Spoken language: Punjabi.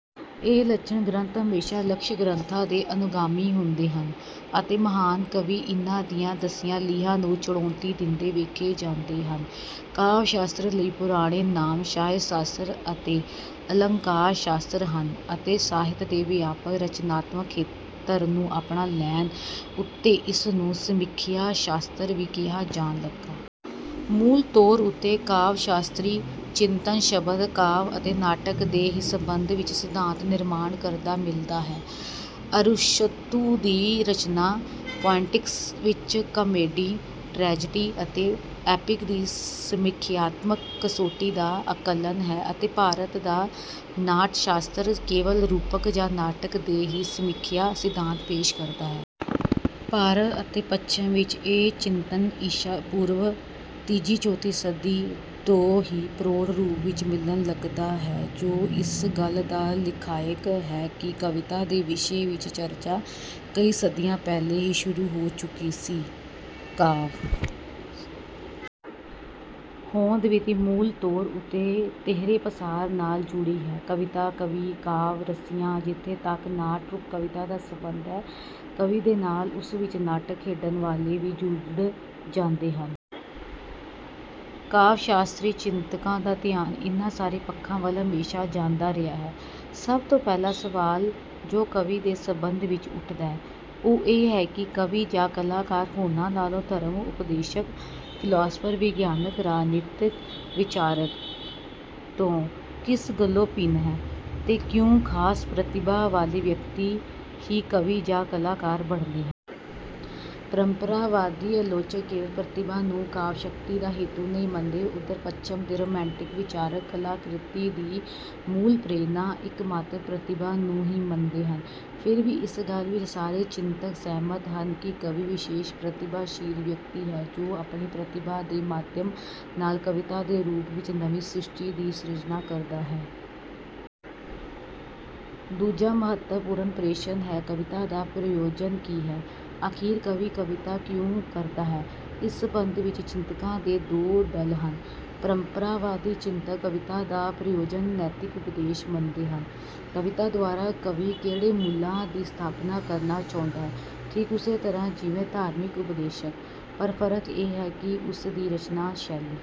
ਇਹ ਲੱਛਣ ਗ੍ਰੰਥ ਹਮੇਸ਼ਾ ਲਕਸ਼ ਗ੍ਰੰਥਾਂ ਦੇ ਅਨੁਗਾਮੀ ਹੁੰਦੇ ਹਨ ਅਤੇ ਮਹਾਨ ਕਵੀ ਇਹਨਾਂ ਦੀਆਂ ਦਸੀਆਂ ਲੀਹਾਂ ਨੂੰ ਚੁਣੌਤੀ ਦਿੰਦੇ ਵੇਖੇ ਜਾਂਦੇ ਹਨ। ਕਾਵਿ ਸ਼ਾਸਤਰ ਲਈ ਪੁਰਾਣੇ ਨਾਮ ਸਾਹਿਤਸ਼ਾਸਤਰ ਅਤੇਅਲੰਕਾਰਸ਼ਾਸਤਰ ਹਨ ਅਤੇ ਸਾਹਿਤ ਦੇ ਵਿਆਪਕ ਰਚਨਾਤਮਕ ਖੇਤਰ ਨੂੰ ਅਪਣਾ ਲੈਣ ਉੱਤੇ ਇਸਨੂੰ ਸਮੀਖਿਆ ਸ਼ਾਸਤਰ ਵੀ ਕਿਹਾ ਜਾਣ ਲੱਗਾ। ਮੂਲ ਤੌਰ ਉੱਤੇ ਕਾਵਿ ਸ਼ਾਸਤਰੀ ਚਿੰਤਨ ਸ਼ਬਦ ਕਾਵਿ ਅਤੇ ਨਾਟਕ ਦੇ ਹੀ ਸੰਬੰਧ ਵਿੱਚ ਸਿਧਾਂਤ ਨਿਰਮਾਣ ਕਰਦਾ ਮਿਲਦਾ ਹੈ। ਅਰਸਤੂ ਦੀ ਰਚਨਾ ਪੋਇਟਿਕਸ ਵਿੱਚ ਕਾਮੇਡੀ, ਟਰੈਜੇਡੀ, ਅਤੇ ਐਪਿਕ ਦੀ ਸਮੀਖਿਆਤਮਕ ਕਸੌਟੀ ਦਾ ਆਕਲਨ ਹੈ ਅਤੇ ਭਰਤ ਦਾ ਨਾਟਸ਼ਾਸਤਰ ਕੇਵਲ ਰੂਪਕ ਜਾਂ ਨਾਟਕ ਦੇ ਹੀ ਸਮੀਖਿਆ ਸਿਧਾਂਤ ਪੇਸ਼ ਕਰਦਾ ਹੈ। ਭਾਰਤ ਅਤੇ ਪੱਛਮ ਵਿੱਚ ਇਹ ਚਿੰਤਨ ਈਸ਼ਾ ਪੂਰਵ ਤੀਜੀ ਚੌਥੀ ਸਦੀ ਤੋਂ ਹੀ ਪ੍ਰੋਢ ਰੂਪ ਵਿੱਚ ਮਿਲਣ ਲੱਗਦਾ ਹੈ ਜੋ ਇਸ ਗੱਲ ਦਾ ਲਖਾਇਕ ਹੈ ਕਿ ਕਵਿਤਾ ਦੇ ਵਿਸ਼ੇ ਵਿੱਚ ਚਰਚਾ ਕਈ ਸਦੀਆਂ ਪਹਿਲਾਂ ਹੀ ਸ਼ੁਰੂ ਹੋ ਚੁੱਕੀ ਸੀ। ਕਾਵਿ ਹੋਂਦ ਵਿਧੀ ਮੂਲ ਤੌਰ ਉੱਤੇ ਤੀਹਰੇ ਪਸਾਰ ਨਾਲ ਜੁੜੀ ਹੈ। ਕਵਿਤਾ, ਕਵੀ, ਕਾਵਿ ਰਸੀਆ। ਜਿੱਥੇ ਤੱਕ ਨਾਟਰੂਪ ਕਵਿਤਾ ਦਾ ਸੰਬੰਧ ਹੈ, ਕਵੀ ਦੇ ਨਾਲ ਉਸ ਵਿੱਚ ਨਾਟਕ ਖੇਡਣ ਵਾਲੇ ਵੀ ਜੁੜ ਜਾਂਦੇ ਹਨ। ਕਾਵਿ ਸ਼ਾਸਤਰੀ ਚਿੰਤਕਾਂ ਦਾ ਧਿਆਨ ਇਨ੍ਹਾਂ ਸਾਰੇ ਪੱਖਾਂ ਵੱਲ ਹਮੇਸ਼ਾ ਜਾਂਦਾ ਰਿਹਾ ਹੈ। ਸਭ ਤੋਂ ਪਹਿਲਾ ਸਵਾਲ ਜੋ ਕਵੀ ਦੇ ਸੰਬੰਧ ਵਿੱਚ ਉੱਠਦਾ ਹੈ, ਉਹ ਇਹ ਹੈ ਕਿ ਕਵੀ ਜਾਂ ਕਲਾਕਾਰ ਹੋਰਨਾਂ ਨਾਲੋਂ, ਧਰਮ ਉਪਦੇਸ਼ਕ, ਫਿਲਾਸਫਰ, ਵਿਗਿਆਨਕ, ਰਾਜਨੀਤਕ ਵਿਚਾਰਕ ਤੋਂ ਕਿਸ ਗੱਲੋਂ ਭਿੰਨ ਹੈ, ਅਤੇ ਕਿਉਂ ਖਾਸ ਪ੍ਰਤਿਭਾ ਵਾਲੇ ਵਿਅਕਤੀ ਹੀ ਕਵੀ ਜਾਂ ਕਲਾਕਾਰ ਬਣਦੇ ਹਨ। ਪਰੰਪਰਾਵਾਦੀ ਆਲੋਚਕ ਕੇਵਲ ਪ੍ਰਤਿਭਾ ਨੂੰ ਕਾਵਿ ਸ਼ਕਤੀ ਦਾ ਹੇਤੁ ਨਹੀਂ ਮੰਨਦੇ। ਉੱਧਰ ਪੱਛਮ ਦੇ ਰੋਮਾਂਟਿਕ ਵਿਚਾਰਕ ਕਲਾਕ੍ਰਿਤੀ ਦੀ ਮੂਲ ਪ੍ਰੇਰਨਾ ਇੱਕਮਾਤਰ ਪ੍ਰਤਿਭਾ ਨੂੰ ਹੀ ਮੰਨਦੇ ਹਨ। ਫਿਰ ਵੀ ਇਸ ਗੱਲ ਵਿੱਚ ਸਾਰੇ ਚਿੰਤਕ ਸਹਿਮਤ ਹਨ ਕਿ ਕਵੀ ਵਿਸ਼ੇਸ਼ ਪ੍ਰਤਿਭਾਸ਼ੀਲ ਵਿਅਕਤੀ ਹੈ ਜੋ ਆਪਣੀ ਪ੍ਰਤਿਭਾ ਦੇ ਮਾਧਿਅਮ ਨਾਲ ਕਵਿਤਾ ਦੇ ਰੂਪ ਵਿੱਚ ਨਵੀਂ ਸ੍ਰਿਸ਼ਟੀ ਦੀ ਸਿਰਜਨਾ ਕਰਦਾ ਹੈ। ਦੂਜਾ ਮਹੱਤਵਪੂਰਨ ਪ੍ਰੇਸ਼ਨ ਹੈ, ਕਵਿਤਾ ਦਾ ਪ੍ਰਯੋਜਨ ਕੀ ਹੈ। ਆਖਿਰ ਕਵੀ ਕਵਿਤਾ ਕਿਉਂ ਕਰਦਾ ਹੈ। ਇਸ ਸੰਬੰਧ ਵਿੱਚ ਚਿੰਤਕਾਂ ਦੇ ਦੋ ਦਲ ਹਨ। ਪਰੰਪਰਾਵਾਦੀ ਚਿੰਤਕ ਕਵਿਤਾ ਦਾ ਪ੍ਰਯੋਜਨ ਨੈਤਿਕ ਉਪਦੇਸ਼ ਮੰਨਦੇ ਹਨ। ਕਵਿਤਾ ਦੁਆਰਾ ਕਵੀ ਕਿਹੜੇ ਮੁੱਲਾਂ ਦੀ ਸਥਾਪਨਾ ਕਰਨਾ ਚਾਹੁੰਦਾ ਹੈ, ਠੀਕ ਉਸੇ ਤਰ੍ਹਾਂ ਜਿਵੇਂ ਧਾਰਮਿਕ ਉਪਦੇਸ਼ਕ। ਪਰ ਫਰਕ ਇਹ ਹੈ ਕਿ ਉਸਦੀ ਰਚਨਾ ਸ਼ੈਲੀ